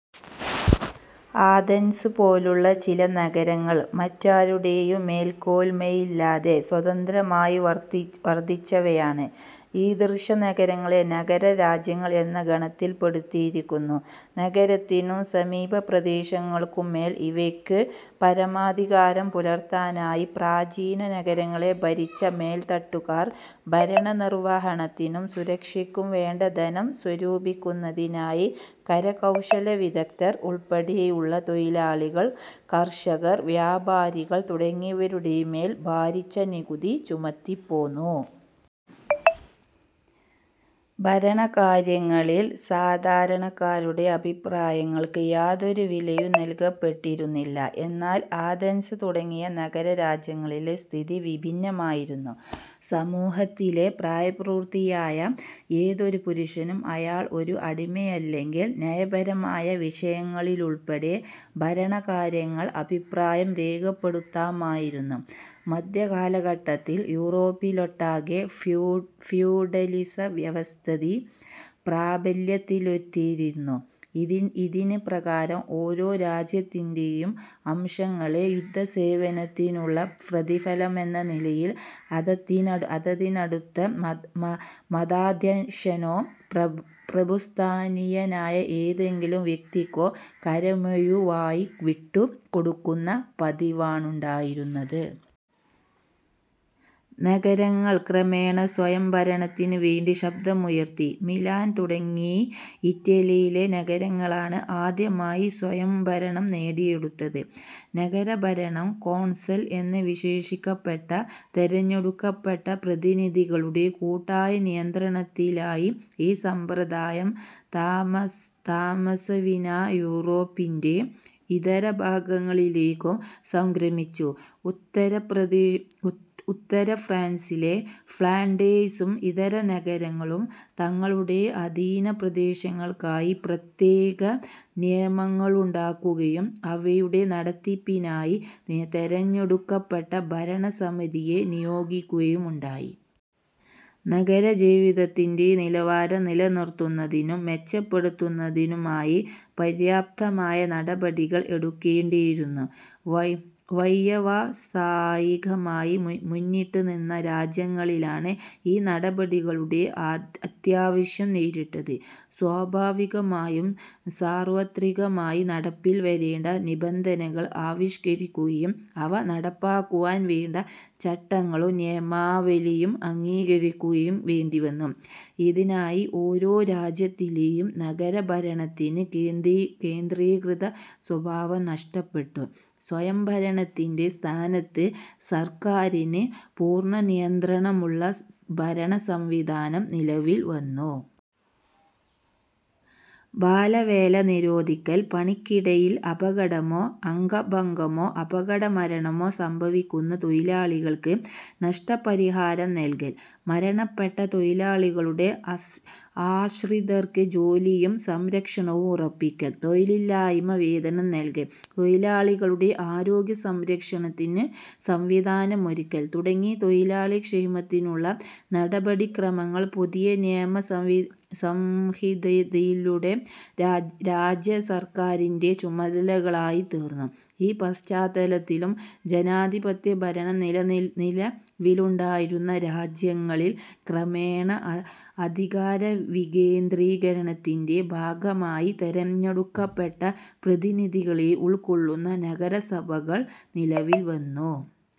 Athens പോലുള്ള ചില നഗരങ്ങൾ മറ്റാരുടെയും മേൽക്കോയ്മയിലല്ലാതെ സ്വതന്ത്രമായി വർത്തിച്ചവയാണ്. ഈദൃശ നഗരങ്ങളെ 'നഗര രാജ്യങ്ങൾ' എന്ന ഗണത്തിൽപ്പെടുത്തിയിരിക്കുന്നു. നഗരത്തിനും സമീപപ്രദേശങ്ങൾക്കുംമേൽ ഇവയ്ക്ക് പരമാധികാരം പുലർത്താനായി. പ്രാചീന നഗരങ്ങളെ ഭരിച്ച മേൽത്തട്ടുകാർ ഭരണനിർവഹണത്തിനും സുരക്ഷയ്ക്കുംവേണ്ട ധനം സ്വരൂപിക്കുന്നതിനായി കരകൌശലവിദഗ്ദ്ധർ ഉൾപ്പെടെയുള്ള തൊഴിലാളികൾ, കർഷകർ, വ്യാപാരികൾ തുടങ്ങിയവരുടെമേൽ ഭാരിച്ച നികുതി ചുമത്തിപ്പോന്നു. ഭരണകാര്യങ്ങളിൽ സാധാരണക്കാരുടെ അഭിപ്രായങ്ങൾക്ക് യാതൊരു വിലയും നല്കപ്പെട്ടിരുന്നില്ല. എന്നാൽ ആഥൻസ് തുടങ്ങിയ നഗരരാജ്യങ്ങളിലെസ്ഥിതി വിഭിന്നമായിരുന്നു. സമൂഹത്തിലെ പ്രായപൂർത്തിയായ ഏതൊരു പുരുഷനും, അയാൾ ഒരു അടിമയല്ലെങ്കിൽ, നയപരമായ വിഷയങ്ങളിലുൾപ്പെടെ ഭരണകാര്യങ്ങളിൽ അഭിപ്രായം രേഖപ്പെടുത്താമായിരുന്നു. മധ്യകാലഘട്ടത്തിൽ യൂറോപ്പിലൊട്ടാകെ ഫ്യൂഡലിസ വ്യവസ്ഥിതി പ്രാബല്യത്തിലെത്തിയിരുന്നു. ഇതിൻപ്രകാരം ഓരോ രാജ്യത്തിന്റെയും അംശങ്ങളെ യുദ്ധസേവനത്തിനുള്ള പ്രതിഫലമെന്ന നിലയിൽ, അതതിടത്തെ മതാധ്യക്ഷനോ പ്രഭുസ്ഥാനീയനായ ഏതെങ്കിലും വ്യക്തിക്കോ കരമൊഴിവായി വിട്ടുകൊടുക്കുന്ന പതിവാണുണ്ടായിരുന്നത്. നഗരങ്ങൾ ക്രമേണ സ്വയംഭരണത്തിനുവേണ്ടി ശബ്ദമുയർത്തി. മിലാൻ തുടങ്ങി ഇറ്റലിയിലെ നഗരങ്ങളാണ് ആദ്യമായി സ്വയംഭരണം നേടിയെടുത്തത്; നഗരഭരണം കോൺസൽ എന്ന് വിശേഷിപ്പിക്കപ്പെട്ട തെരഞ്ഞെടുക്കപ്പെട്ട പ്രതിനിധികളുടെ കൂട്ടായ നിയന്ത്രണത്തിലായി. ഈ സമ്പ്രദായം താമസംവിനാ യൂറോപ്പിന്റെ ഇതരഭാഗങ്ങളിലേക്കും സംക്രമിച്ചു. ഉത്തരഫ്രാൻസിലെ ഫ്ളാൻഡേഴ്സും ഇതര നഗരങ്ങളും തങ്ങളുടെ അധീനപ്രദേശങ്ങൾക്കായി പ്രത്യേക നിയമങ്ങളുണ്ടാക്കുകയും അവയുടെ നടത്തിപ്പിനായി തെരഞ്ഞെടുക്കപ്പെട്ട ഭരണസമിതിയെ നിയോഗിക്കുകയുമുണ്ടായി. നഗരജീവിതത്തിന്റെ നിലവാരം നിലനിർത്തുന്നതിനും മെച്ചപ്പെടുത്തുന്നതിനുമായി പര്യാപ്തമായ നടപടികൾ എടുക്കേണ്ടിയിരുന്നു. വൈയവസായികമായി മുന്നിട്ടുനിന്ന രാജ്യങ്ങളിലാണ് ഈ നടപടികളുടെ അത്യാവശ്യം നേരിട്ടത്. സ്വാഭാവികമായും സാർവത്രികമായി നടപ്പിൽവരേണ്ട നിബന്ധനകൾ ആവിഷ്കരിക്കുകയും അവ നടപ്പാക്കുവാൻവേണ്ട ചട്ടങ്ങളും നിയമാവലിയും അംഗീകരിക്കുകയും വേണ്ടിവന്നു. ഇതിനായി ഓരോ രാജ്യത്തിലെയും നഗരഭരണത്തിന് കേന്ദ്രീകൃത സ്വഭാവം നല്കപ്പെട്ടു. സ്വയംഭരണത്തിന്റെ സ്ഥാനത്ത് സർക്കാരിന് പൂർണനിയന്ത്രണമുള്ള ഭരണസംവിധാനം നിലവിൽവന്നു. ബാലവേല നിരോധിക്കൽ, പണിക്കിടയിൽ അപകടമോ അംഗഭംഗമോ, അപകടമരണമോ സംഭവിക്കുന്ന തൊഴിലാളികൾക്ക് നഷ്ടപരിഹാരം നല്കൽ, മരണപ്പെടുന്ന തൊഴിലാളികളുടെ ആശ്രിതർക്ക് ജോലിയും സംരക്ഷണവും ഉറപ്പിക്കൽ, തൊഴിലില്ലായ്മ വേതനം നല്കൽ, തൊഴിലാളികളുടെ ആരോഗ്യസംരക്ഷണത്തിനു സംവിധാനമൊരുക്കൽ തുടങ്ങി തൊഴിലാളിക്ഷേമത്തിനുള്ള നടപടിക്രമങ്ങൾ പുതിയ നിയമസംഹിതയിലൂടെ രാജ്യസർക്കാരിന്റെ ചുമതലകളായിത്തീർന്നു. ഈ പശ്ചാത്തലത്തിലും ജനാധിപത്യഭരണം നിലവിലുണ്ടായിരുന്ന രാജ്യങ്ങളിൽ ക്രമേണ അധികാരവികേന്ദ്രീകരണത്തിന്റെ ഭാഗമായി തെരഞ്ഞെടുക്കപ്പെട്ട പ്രതിനിധികളെ ഉൾക്കൊള്ളുന്ന നഗരസഭകൾ നിലവിൽവന്നു.